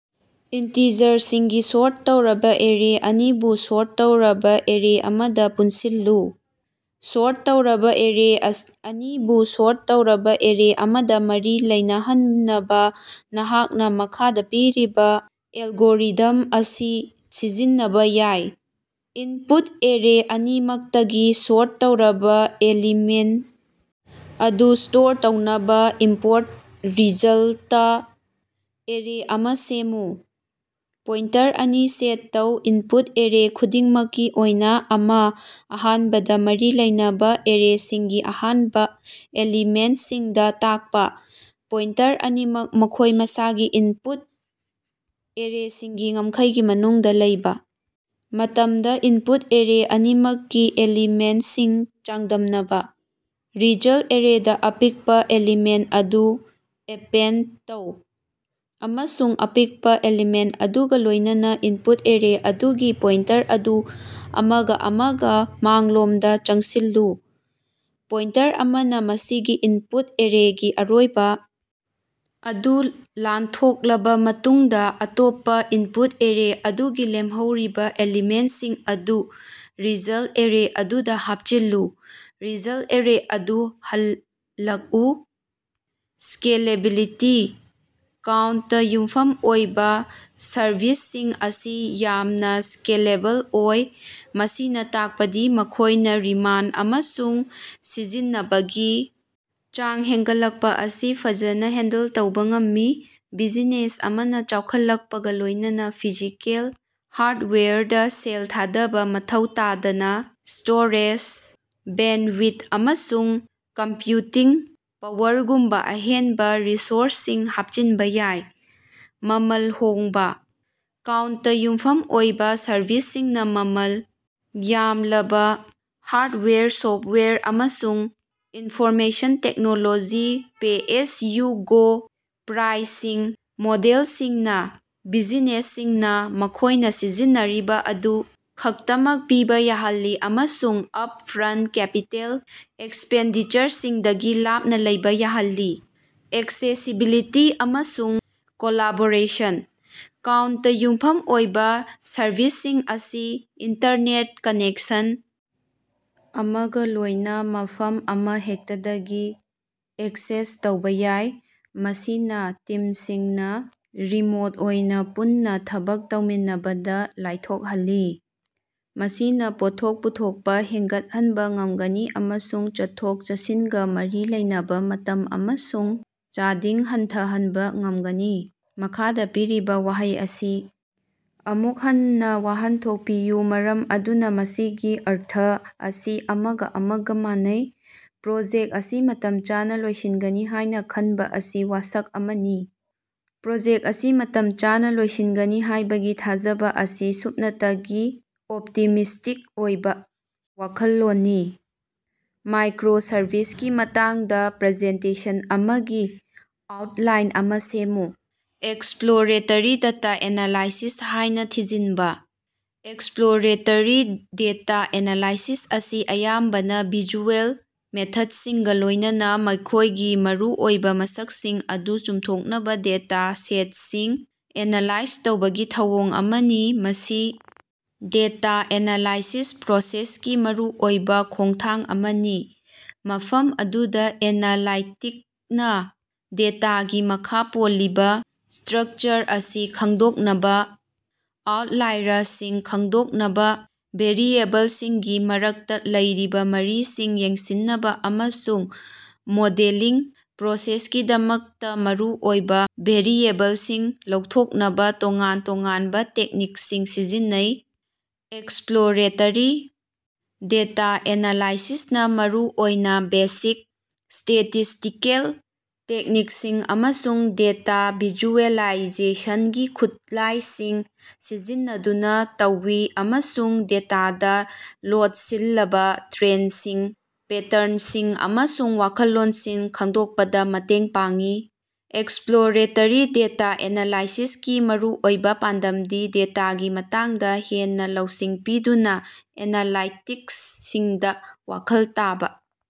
ꯏꯟꯇꯤꯖꯔꯁꯤꯡꯒꯤ sort ꯇꯧꯔꯕ array ꯑꯅꯤꯕꯨ sort ꯇꯧꯔꯕ ꯑꯦꯔꯦ ꯑꯃꯗ ꯄꯨꯟꯁꯤꯜꯂꯨ꯫ ꯁꯣꯔꯠ ꯇꯧꯔꯕ ꯑꯦꯔꯦ ꯑꯅꯤꯕꯨ ꯁꯣꯔꯠ ꯇꯧꯔꯕ ꯑꯦꯔꯦ ꯑꯃꯗ ꯃꯔꯤ ꯂꯩꯅꯍꯟꯅꯕ, ꯅꯍꯥꯛꯅ ꯃꯈꯥꯗ ꯄꯤꯔꯤꯕ ꯑꯦꯜꯒꯣꯔꯤꯊꯝ ꯑꯁꯤ ꯁꯤꯖꯤꯟꯅꯕ ꯌꯥꯏ: ꯏꯟꯄꯨꯠ ꯑꯦꯔꯦ ꯑꯅꯤꯃꯛꯇꯒꯤ ꯁꯣꯔꯠ ꯇꯧꯔꯕ ꯑꯦꯂꯤꯃꯦꯟꯠ ꯑꯗꯨ ꯁ꯭ꯇꯣꯔ ꯇꯧꯅꯕ ꯏꯝꯄꯣꯔꯠ ꯔꯤꯖꯜꯇ ꯑꯦꯔꯦ ꯑꯃ ꯁꯦꯝꯃꯨ꯫ ꯄꯣꯏꯟꯇꯔ ꯑꯅꯤ ꯁꯦꯠ ꯇꯧ, ꯏꯟꯄꯨꯠ ꯑꯦꯔꯦ ꯈꯨꯗꯤꯡꯃꯛꯀꯤ ꯑꯣꯏꯅ ꯑꯃ, ꯑꯍꯥꯟꯕꯗ ꯃꯔꯤ ꯂꯩꯅꯕ ꯑꯦꯔꯦꯁꯤꯡꯒꯤ ꯑꯍꯥꯟꯕ ꯑꯦꯂꯤꯃꯦꯟꯠꯁꯤꯡꯗ ꯇꯥꯛꯄ꯫ ꯄꯣꯏꯟꯇꯔ ꯑꯅꯤꯃꯛ ꯃꯈꯣꯏ ꯃꯁꯥꯒꯤ ꯏꯟꯄꯨꯠ ꯑꯦꯔꯦꯁꯤꯡꯒꯤ ꯉꯝꯈꯩꯒꯤ ꯃꯅꯨꯡꯗ ꯂꯩꯕ ꯃꯇꯝꯗ, ꯏꯟꯄꯨꯠ ꯑꯦꯔꯦ ꯑꯅꯤꯃꯛꯀꯤ ꯑꯦꯂꯤꯃꯦꯟꯠꯁꯤꯡ ꯆꯥꯡꯗꯝꯅꯕ꯫ ꯔꯤꯖꯜꯠ ꯑꯦꯔꯦꯗ ꯑꯄꯤꯛꯄ ꯑꯦꯂꯤꯃꯦꯟꯠ ꯑꯗꯨ ꯑꯦꯄꯦꯟꯗ ꯇꯧ, ꯑꯃꯁꯨꯡ ꯑꯄꯤꯛꯄ ꯑꯦꯂꯤꯃꯦꯟꯠ ꯑꯗꯨꯒ ꯂꯣꯏꯅꯅ ꯏꯟꯄꯨꯠ ꯑꯦꯔꯦ ꯑꯗꯨꯒꯤ ꯄꯣꯏꯟꯇꯔ ꯑꯗꯨ ꯑꯃꯒ ꯑꯃꯒ ꯃꯥꯡꯂꯣꯝꯗ ꯆꯪꯁꯤꯜꯂꯨ꯫ ꯄꯣꯏꯟꯇꯔ ꯑꯃꯅ ꯃꯁꯤꯒꯤ ꯏꯟꯄꯨꯠ ꯑꯦꯔꯦꯒꯤ ꯑꯔꯣꯏꯕ ꯑꯗꯨ ꯂꯥꯟꯊꯣꯛꯂꯕ ꯃꯇꯨꯡꯗ, ꯑꯇꯣꯞꯄ ꯏꯟꯄꯨꯠ ꯑꯦꯔꯦ ꯑꯗꯨꯒꯤ ꯂꯦꯝꯍꯧꯔꯤꯕ ꯑꯦꯂꯤꯃꯦꯟꯠꯁꯤꯡ ꯑꯗꯨ ꯔꯤꯖꯜꯠ ꯑꯦꯔꯦ ꯑꯗꯨꯗ ꯍꯥꯞꯆꯤꯜꯂꯨ꯫ ꯔꯤꯖꯜꯠ ꯑꯦꯔꯦ ꯑꯗꯨ ꯍꯜꯂꯛꯎ꯫ ꯁ꯭ꯀꯦꯂꯦꯕꯤꯂꯤꯇꯤ: ꯀ꯭ꯂꯥꯎꯗꯇ ꯌꯨꯝꯐꯝ ꯑꯣꯏꯕ ꯁꯔꯚꯤꯁꯁꯤꯡ ꯑꯁꯤ ꯌꯥꯝꯅ ꯁ꯭ꯀꯦꯂꯦꯕꯜ ꯑꯣꯏ, ꯃꯁꯤꯅ ꯇꯥꯛꯄꯗꯤ ꯃꯈꯣꯏꯅ ꯗꯤꯃꯥꯟ ꯑꯃꯁꯨꯡ ꯁꯤꯖꯤꯟꯅꯕꯒꯤ ꯆꯥꯡ ꯍꯦꯟꯒꯠꯂꯛꯄ ꯑꯁꯤ ꯐꯖꯅ ꯍꯦꯟꯗꯜ ꯇꯧꯕ ꯉꯝꯃꯤ꯫ ꯕꯤꯖꯤꯅꯦꯁ ꯑꯃꯅ ꯆꯥꯎꯈꯠꯂꯛꯄꯒ ꯂꯣꯏꯅꯅ ꯐꯤꯖꯤꯀꯦꯜ ꯍꯥꯔꯗꯋꯦꯌꯔꯗ ꯁꯦꯜ ꯊꯥꯗꯕ ꯃꯊꯧ ꯇꯥꯗꯅ ꯁ꯭ꯇꯣꯔꯦꯖ, ꯕꯦꯟꯗꯋꯤꯊ, ꯑꯃꯁꯨꯡ ꯀꯝꯄ꯭ꯌꯨꯇꯤꯡ ꯄꯥꯋꯔꯒꯨꯝꯕ ꯑꯍꯦꯟꯕ ꯔꯤꯁꯣꯔꯁꯁꯤꯡ ꯍꯥꯞꯆꯤꯟꯕ ꯌꯥꯏ꯫ ꯃꯃꯜ ꯍꯣꯡꯕꯥ: ꯀ꯭ꯂꯥꯎꯗꯇ ꯌꯨꯝꯐꯝ ꯑꯣꯏꯕ ꯁꯔꯚꯤꯁꯁꯤꯡꯅ ꯃꯃꯜ ꯌꯥꯝꯂꯕ ꯍꯥꯔꯗꯋꯦꯌꯔ, ꯁꯣꯐꯋꯦꯌꯔ, ꯑꯃꯁꯨꯡ ꯏꯟꯐꯣꯔꯃꯦꯁꯟ ꯇꯦꯛꯅꯣꯂꯣꯖꯤ ꯄꯦ-ꯑꯦꯖ-ꯌꯨ-ꯒꯣ ꯄ꯭ꯔꯥꯏꯁꯤꯡ ꯃꯣꯗꯦꯜꯁꯤꯡꯅ ꯕꯤꯖꯤꯅꯦꯁꯁꯤꯡꯅ ꯃꯈꯣꯏꯅ ꯁꯤꯖꯤꯟꯅꯔꯤꯕ ꯑꯗꯨ ꯈꯛꯇꯃꯛ ꯄꯤꯕ ꯌꯥꯍꯜꯂꯤ ꯑꯃꯁꯨꯡ ꯑꯞ-ꯐ꯭ꯔꯟꯠ ꯀꯦꯄꯤꯇꯦꯜ ꯑꯦꯛꯁꯄꯦꯟꯗꯤꯆꯔꯁꯤꯡꯗꯒꯤ ꯂꯥꯞꯅ ꯂꯩꯕ ꯌꯥꯍꯜꯂꯤ꯫ ꯑꯦꯛꯁꯦꯁꯤꯕꯤꯂꯤꯇꯤ ꯑꯃꯁꯨꯡ ꯀꯣꯂꯥꯕꯣꯔꯦꯁꯟ: ꯀ꯭ꯂꯥꯎꯗꯇ ꯌꯨꯝꯐꯝ ꯑꯣꯏꯕ ꯁꯔꯚꯤꯁꯁꯤꯡ ꯑꯁꯤ ꯏꯟꯇꯔꯅꯦꯠ ꯀꯅꯦꯛꯁꯟ ꯑꯃꯒ ꯂꯣꯏꯅ ꯃꯐꯝ ꯑꯃꯍꯦꯛꯇꯗꯒꯤ ꯑꯦꯛꯁꯦꯁ ꯇꯧꯕ ꯌꯥꯏ, ꯃꯁꯤꯅ ꯇꯤꯝꯁꯤꯡꯅ ꯔꯤꯃꯣꯠ ꯑꯣꯏꯅ ꯄꯨꯟꯅ ꯊꯕꯛ ꯇꯧꯃꯤꯟꯅꯕꯗ ꯂꯥꯏꯊꯣꯛꯍꯜꯂꯤ꯫ ꯃꯁꯤꯅ ꯄꯣꯠꯊꯣꯛ ꯄꯨꯊꯣꯛꯄ ꯍꯦꯟꯒꯠꯍꯟꯕ ꯉꯝꯒꯅꯤ ꯑꯃꯁꯨꯡ ꯆꯠꯊꯣꯛ-ꯆꯠꯁꯤꯟꯒ ꯃꯔꯤ ꯂꯩꯅꯕ ꯃꯇꯝ ꯑꯃꯁꯨꯡ ꯆꯥꯗꯤꯡ ꯍꯟꯊꯍꯟꯕ ꯉꯝꯒꯅꯤ꯫ ꯃꯈꯥꯗ ꯄꯤꯔꯤꯕ ꯋꯥꯍꯩ ꯑꯁꯤ ꯑꯃꯨꯛ ꯍꯟꯅ ꯋꯥꯍꯟꯊꯣꯛ ꯄꯤꯌꯨ ꯃꯔꯝ ꯑꯗꯨꯅ ꯃꯁꯤꯒꯤ ꯑꯔꯊ ꯑꯁꯤ ꯑꯃꯒ ꯑꯃꯒ ꯃꯥꯟꯅꯩ꯫ "ꯄ꯭ꯔꯣꯖꯦꯛ ꯑꯁꯤ ꯃꯇꯝ ꯆꯥꯅ ꯂꯣꯏꯁꯤꯟꯒꯅꯤ ꯍꯥꯏꯅ ꯈꯟꯕ ꯑꯁꯤ ꯋꯥꯁꯛ ꯑꯃꯅꯤ꯫" ꯄ꯭ꯔꯣꯖꯦꯛ ꯑꯁꯤ ꯃꯇꯝ ꯆꯥꯅ ꯂꯣꯏꯁꯤꯟꯒꯅꯤ ꯍꯥꯏꯕꯒꯤ ꯊꯥꯖꯕ ꯑꯁꯤ ꯁꯨꯞꯅꯇꯒꯤ ꯑꯣꯞꯇꯤꯃꯤꯁ꯭ꯇꯤꯛ ꯑꯣꯏꯕ ꯋꯥꯈꯜꯂꯣꯟꯅꯤ꯫ ꯃꯥꯏꯀ꯭ꯔꯣꯁꯔꯚꯤꯁꯀꯤ ꯃꯇꯥꯡꯗ ꯄ꯭ꯔꯖꯦꯟꯇꯦꯁꯟ ꯑꯃꯒꯤ ꯑꯥꯎꯠꯂꯥꯏꯟ ꯑꯃ ꯁꯦꯝꯃꯨ꯫ 'ꯑꯦꯛꯁꯄ꯭ꯂꯣꯔꯦꯇꯦꯔꯤ ꯗꯦꯇꯥ ꯑꯦꯅꯥꯂꯥꯏꯁꯤꯁ' ꯍꯥꯏꯅ ꯊꯤꯖꯤꯟꯕ꯫ ꯑꯦꯛꯁꯄ꯭ꯂꯣꯔꯦꯇꯦꯔꯤ ꯗꯦꯇꯥ ꯑꯦꯅꯥꯂꯥꯏꯁꯤꯁ ꯑꯁꯤ ꯑꯌꯥꯝꯕꯅ ꯚꯤꯖꯨꯑꯦꯜ ꯃꯦꯊꯗꯁꯤꯡꯒ ꯂꯣꯏꯅꯅ ꯃꯈꯣꯏꯒꯤ ꯃꯔꯨꯑꯣꯏꯕ ꯃꯁꯛꯁꯤꯡ ꯑꯗꯨ ꯆꯨꯝꯊꯣꯛꯅꯕ ꯗꯦꯇꯥ ꯁꯦꯠꯁꯤꯡ ꯑꯦꯅꯥꯂꯥꯏꯖ ꯇꯧꯕꯒꯤ ꯊꯧꯑꯣꯡ ꯑꯃꯅꯤ꯫ ꯃꯁꯤ ꯗꯦꯇꯥ ꯑꯦꯅꯥꯂꯥꯏꯁꯤꯁ ꯄ꯭ꯔꯣꯁꯦꯁꯀꯤ ꯃꯔꯨꯑꯣꯏꯕ ꯈꯣꯡꯊꯥꯡ ꯑꯃꯅꯤ, ꯃꯐꯝ ꯑꯗꯨꯗ ꯑꯦꯅꯥꯂꯥꯏꯇꯤꯛꯅ ꯗꯦꯇꯥꯒꯤ ꯃꯈꯥ ꯄꯣꯜꯂꯤꯕ ꯁ꯭ꯇꯔꯛꯆꯔ ꯑꯁꯤ ꯈꯪꯗꯣꯛꯅꯕ, ꯑꯥꯎꯠꯂꯥꯏꯔꯁꯤꯡ ꯈꯪꯗꯣꯛꯅꯕ, ꯚꯦꯔꯤꯑꯦꯕꯜꯁꯤꯡꯒꯤ ꯃꯔꯛꯇ ꯂꯩꯔꯤꯕ ꯃꯔꯤꯁꯤꯡ ꯌꯦꯡꯁꯤꯟꯅꯕ ꯑꯃꯁꯨꯡ ꯃꯣꯗꯦꯂꯤꯡ ꯄ꯭ꯔꯣꯁꯦꯁꯀꯤꯗꯃꯛꯇ ꯃꯔꯨꯑꯣꯏꯕ ꯚꯦꯔꯤꯑꯦꯕꯜꯁꯤꯡ ꯂꯧꯊꯣꯛꯅꯕ ꯇꯣꯉꯥꯟ ꯇꯣꯉꯥꯟꯕ ꯇꯦꯛꯅꯤꯛꯁꯤꯡ ꯁꯤꯖꯤꯟꯅꯩ꯫ ꯑꯦꯛꯁꯄ꯭ꯂꯣꯔꯦꯇꯦꯔꯤ ꯗꯦꯇꯥ ꯑꯦꯅꯥꯂꯥꯏꯁꯤꯁ ꯅ ꯃꯔꯨ ꯑꯣꯏꯅ ꯕꯦꯁꯤꯛ ꯁ꯭ꯇꯦꯇꯤꯁꯇꯤꯀꯦꯜ ꯇꯦꯛꯅꯤꯛꯁꯤꯡ ꯑꯃꯁꯨꯡ ꯗꯦꯇꯥ ꯚꯤꯖꯨꯑꯦꯂꯥꯏꯖꯦꯁꯟꯒꯤ ꯈꯨꯠꯂꯥꯏꯁꯤꯡ ꯁꯤꯖꯤꯟꯅꯗꯨꯅ ꯇꯧꯏ ꯑꯃꯁꯨꯡ ꯗꯦꯇꯥꯗ ꯂꯣꯠꯁꯤꯜꯂꯕ ꯇ꯭ꯔꯦꯟꯁꯤꯡ, ꯄꯦꯇꯔꯟꯁꯤꯡ ꯑꯃꯁꯨꯡ ꯋꯥꯈꯜꯂꯣꯟꯁꯤꯡ ꯈꯪꯗꯣꯛꯄꯗ ꯃꯇꯦꯡ ꯄꯥꯡꯏ꯫ ꯑꯦꯛꯁꯄ꯭ꯂꯣꯔꯦꯇꯦꯔꯤ ꯗꯦꯇꯥ ꯑꯦꯅꯥꯂꯥꯏꯁꯤꯁ ꯀꯤ ꯃꯔꯨꯑꯣꯏꯕ ꯄꯥꯟꯗꯝꯗꯤ ꯗꯦꯇꯥꯒꯤ ꯃꯇꯥꯡꯗ ꯍꯦꯟꯅ ꯂꯧꯁꯤꯡ ꯄꯤꯗꯨꯅ ꯑꯦꯅꯥꯂꯥꯏꯇꯤꯛꯁꯁꯤꯡꯗ ꯋꯥꯈꯜ ꯇꯥꯕ꯫